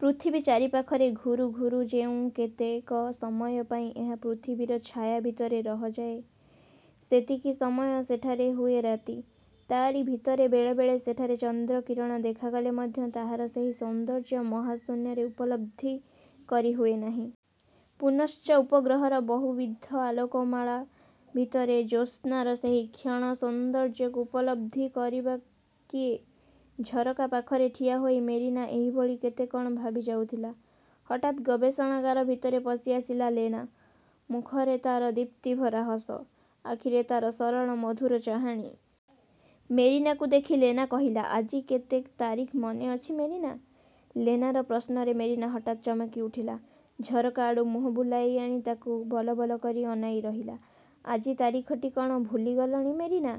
ପୃଥିବୀ ଚାରିପାଖରେ ଘୂରୁ ଘୂରୁ ଯେଉଁ କେତେକ ସମୟ ପାଇଁ ଏହା ପୃଥିବୀର ଛାୟା ଭିତରେ ରହଯାଏ, ସେତିକି ସମୟ ସେଠାରେ ହୁଏ ରାତି। ତା'ରି ଭିତରେ ବେଳେବେଳେ ସେଠାରେ ଚନ୍ଦ୍ରକିରଣ ଦେଖାଗଲେ ମଧ୍ୟ ତାହାର ସେହି ସୌନ୍ଦର୍ଯ୍ୟ ମହାଶୂନ୍ୟରେ ଉପଲବ୍ଧି କରି ହୁଏ ନାହିଁ। ପୁନଶ୍ଚ ଉପଗ୍ରହର ବହୁବିଧ ଆଲୋକମାଳା ଭିତରେ ଜ୍ୟୋସ୍ନାର ସେହି କ୍ଷୀଣ ସୌନ୍ଦର୍ଯ୍ୟକୁ ଉପଲବ୍ଧି କରିବ ବା କିଏ? ଝରକା ପାଖରେ ଠିଆହୋଇ ମେରିନା ଏହିଭଳି କେତେ କ'ଣ ଭାବିଯାଉଥିଲା। ହଠାତ୍ ଗବେଷଣାଗାର ଭିତରେ ପଶିଆସିଲା ଲେନା। ମୁଖରେ ତାର ଦୀପ୍ତିଭରା ହସ, ଆଖିରେ ତାର ସରଳ ମଧୁର ଚାହାଣି। ମେରିନାକୁ ଦେଖି ଲେନା କହିଲା, ''ଆଜି କେତେ ତାରିଖ ମନେ ଅଛି ମେରିନା? '' ଲେନାର ପ୍ରଶ୍ନରେ ମେରିନା ହଠାତ୍ ଚମକି ଉଠିଲା। ଝରକା ଆଡ଼ୁ ମୁହଁ ବୁଲାଇ ଆଣି ତା'କୁ ବଲବଲ କରି ଅନାଇ ରହିଲା, ''ଆଜି ତାରିଖଟି କ'ଣ ଭୁଲିଗଲଣି ମେରିନା?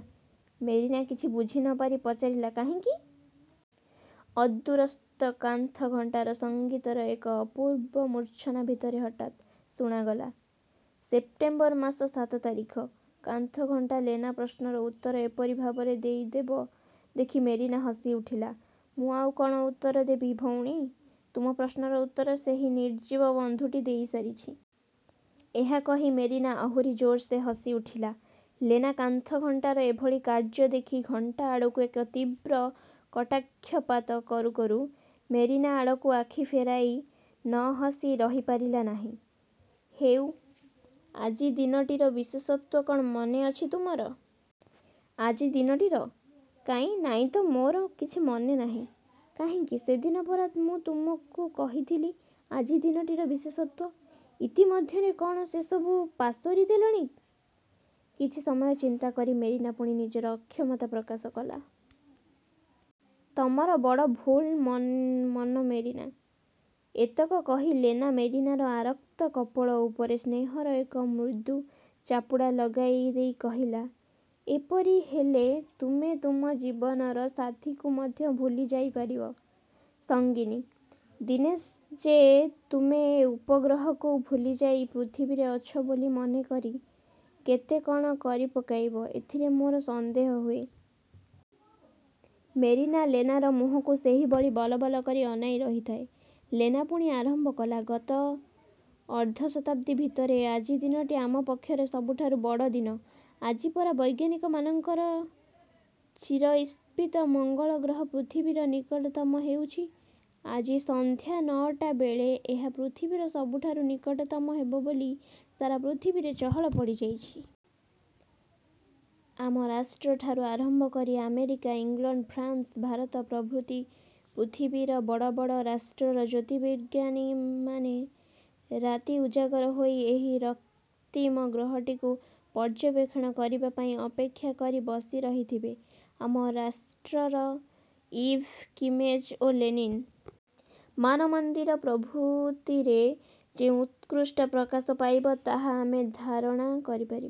''ମେରିନା କିଛି ବୁଝି ନପାରି ପଚାରିଲା, ''କାହିଁକି? '' ଅଦୂରସ୍ଥ କାନ୍ଥଘଣ୍ଟାରେ ସଙ୍ଗୀତର ଏକ ଅପୂର୍ବ ମୂର୍ଚ୍ଛନା ଭିତରେ ହଠାତ୍ ଶୁଣାଗଲା-''ସେପ୍ଟେମ୍ୱର ମାସ ସାତ ତାରିଖ। '' କାନ୍ଥଘଣ୍ଟା ଲେନା ପ୍ରଶ୍ନର ଉତ୍ତର ଏପରି ଭାବରେ ଦେଇଦେବା ଦେଖି ମେରିନା ହସି ଉଠିଲା। ''ମୁଁ ଆଉ କ'ଣ ଉତ୍ତର ଦେବୀ ଭଉଣୀ? ତୁମ ପ୍ରଶ୍ନର ଉତ୍ତର ସେହି ନିର୍ଜୀବ ବନ୍ଧୁଟି ଦେଇସାରିଛି। ' ଏହା କହି ମେରିନା ଆହୁରି ଜୋର୍ରେ ହସି ଉଠିଲା। ଲେନା କାନ୍ଥଘଣ୍ଟାର ଏଭଳି କାର୍ଯ୍ୟ ଦେଖି ଘଣ୍ଟା ଆଡ଼କୁ ଏକ ତୀବ୍ର କଟାକ୍ଷପାତ କରୁ କରୁ ମେରିନା ଆଡ଼କୁ ଆଖି ଫେରାଇ ନହସି ରହିପାରିଲା ନାହିଁ। ''ହେଉ, ଆଜି ଦିନଟିର ବିଶେଷତ୍ୱ କ'ଣ ମନେ ଅଛି ତୁମର? '' ''ଆଜି ଦିନଟିର? କାହିଁ, ନାଇଁ ତ-ମୋର କିଛି ମନେ ନାହିଁ। '' ''କାହିଁକି, ସେଦିନ ପରା ମୁଁ ତୁମକୁ କହିଥିଲି, ଆଜି ଦିନଟିର ବିଶେଷତ୍ୱ। ଇତିମଧ୍ୟରେ କ'ଣ ସେ ସବୁ ପାସୋରି ଦେଲଣି? '' କିଛି ସମୟ ଚିନ୍ତା କରି ମେରିନା ପୁଣି ନିଜର ଅକ୍ଷମତା ପ୍ରକାଶ କଲା। ''ତମର ବଡ଼ ଭୁଲା ମନ ମେରିନା! '' ଏତକ କହି ଲେନା ମେରିନାର ଆରକ୍ତ କପୋଳ ଉପରେ ସ୍ନେହର ଏକ ମୃଦୁ ଚାପୁଡ଼ା ଲଗାଇ ଦେଇ କହିଲା, ''ଏପରି ହେଲେ ତୁମେ ତୁମ ଜୀବନର ସାଥୀଙ୍କୁ ମଧ୍ୟ ଭୁଲିଯାଇ ପାରିବ ସଙ୍ଗିନି! ଦିନେ ଯେ ତୁମେ ଏ ଉପଗ୍ରହକୁ ଭୁଲିଯାଇ ପୃଥିବୀରେ ଅଛ ବୋଲି ମନେ କରି କେତେ କଣ କରିପକାଇବ, ଏଥିରେ ମୋର ସନ୍ଦେହ ହୁଏ। '' ମେରିନା ଲେନାର ମୁହଁକୁ ସେହିଭଳି ବଲବଲ କରି ଅନାଇ ରହିଥାଏ। ଲେନା ପୁଣି ଆରମ୍ଭ କଲା-'ଗତ ଅର୍ଦ୍ଧ-ଶତାବ୍ଦୀ ଭିତରେ ଆଜି ଦିନଟି ଆମ ପକ୍ଷରେ ସବୁଠାରୁ ବଡ଼ ଦିନ। ଆଜି। ପରା ବୈଜ୍ଞାନିକମାନଙ୍କର ଚିରଈପ୍ସିତ ମଙ୍ଗଳଗ୍ରହ ପୃଥିବୀର ନିକଟତମ ହେଉଛି? ଆଜି ସନ୍ଧ୍ୟା ନ'ଟା ବେଳେ ଏହା ପୃଥିବୀର ସବୁଠାରୁ ନିକଟତମ ହେବ ବୋଲି ସାରା ପୃଥିବୀରେ ଚହଳ ପଡ଼ିଯାଇଛି। ଆମ ରାଷ୍ଟ୍ରଠାରୁ ଆରମ୍ଭ କରି ଆମେରିକା, ଇଂଲଣ୍ଡ, ଫ୍ରାନ୍ସ, ଭାରତ ପ୍ରଭୃତି ପୃଥିବୀର ବଡ଼ ବଡ଼ ରାଷ୍ଟ୍ରର ଜ୍ୟୋତିର୍ବିଜ୍ଞାନବିତ୍ମାନେ ରାତି ଉଜାଗର ହୋଇ ଏହି ରକ୍ତିମ ଗ୍ରହଟିକୁ ପର୍ଯ୍ୟବେକ୍ଷଣ କରିବା ପାଇଁ ଅପେକ୍ଷା କରି ବସି ରହିଥିବେ। ଆମ ରାଷ୍ଟ୍ରର ଇଭ୍, କିମେଜ୍ ଓ ଲେନିନ୍ ମାନମନ୍ଦିର ପ୍ରଭୃତିରେ ଯେଉଁ ଉତ୍କଣ୍ଠା ପ୍ରକାଶ ପାଇଥିବ, ତାହା ଆମେ ଧାରଣା କରିପାରିବା